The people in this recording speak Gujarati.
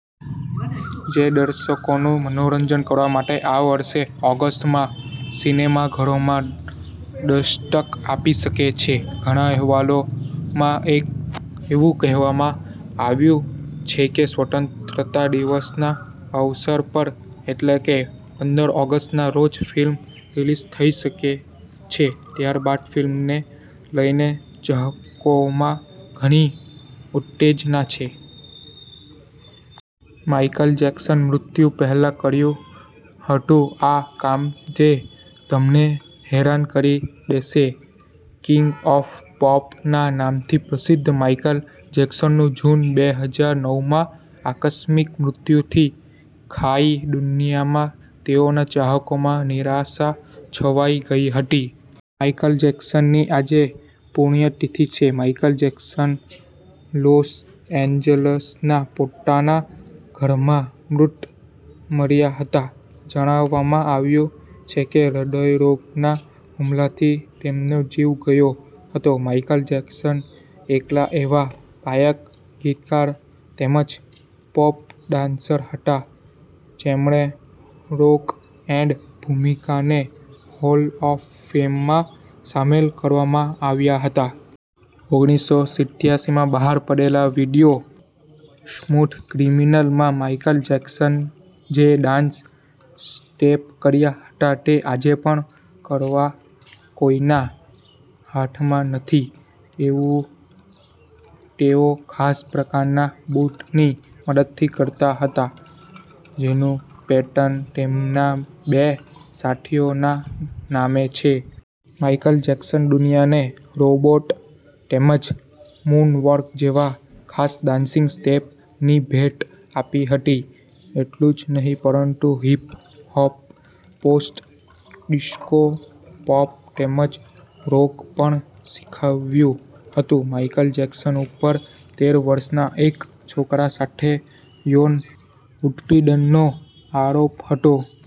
જે દર્શકોનું મનોરંજન કરવા માટે આ વર્ષે ઓગસ્ટમાં સિનેમાઘરોમાં દસ્તક આપી શકે છે. ઘણા અહેવાલોમાં એવું કહેવામાં આવ્યું છે કે સ્વતંત્રતા દિવસના અવસર પર એટલે કે પંદર ઓગસ્ટ ના રોજ, ફિલ્મ રિલીઝ થઈ શકે છે, ત્યારબાદ ફિલ્મને લઈને ચાહકોમાં ઘણી ઉત્તેજના છે. માઇકલ જેકસન મૃત્યુ પહેલા કર્યું હતું આ કામ જે તમને હેરાન કરી દેશે. કિંગ ઓફ પોપ ના નામથી પ્રસિદ્ધ માઇકલ જેક્સન નું, જૂન બે હજાર નવ માં આકસ્મિક મૃત્યુથી ખાઈ દુનિયામાં તેઓના ચાહકોમાં નિરાશા છવાઈ ગઈ હતી. માઇકલ જેકસન ની આજે પુણ્યતિથિ છે. માઇકલ જેકસન લોસ એન્જલસના પોતાના ઘરમાં મૃત મળ્યા હતા. જણાવવામાં આવ્યું છે કે હૃદયરોગના હુમલાથી તેમનો જીવ ગયો હતો. માઇકલ જેકસન એકલા એવા ગાયક, ગીતકાર, તેમજ પોપ ડાન્સર હતા જેમણે રોક એન્ડ ભૂમિકાને હોલ ઓફ ફેમમાં સામેલ કરવામાં આવ્યા હતા. ઓગણીસો સિત્યાસીમાં બહાર પડેલા વિડિયો સ્મૂથ ક્રિમીનલ માં માઇકલ જેકસન જે ડાન્સ સ્ટેપ કર્યા હતા તે આજે પણ કરવા કોઈના હાથમાં નથી. તેવું તેઓ ખાસ પ્રકારના બુટ ની મદદથી કરતા હતા. જેનું પેટન તેમના બે સાથીઓ ના નામે છે. માઇકલ જેકસન દુનિયાને રોબોટ તેમજ મુન-વોક જેવા ખાસ ડાન્સિંગ સ્ટેપ ની ભેટ આપી હતી. એટલું જ નહીં પરંતુ હિપહોપ, પોસ્ટ ડિસ્કો, પોપ તેમજ રોક પણ શીખવ્યું હતું. માઇકલ જેક્સન ઉપર તેર વર્ષના એક છોકરા સાથે યોન ઉત્પીડનનો આરોપ હતો.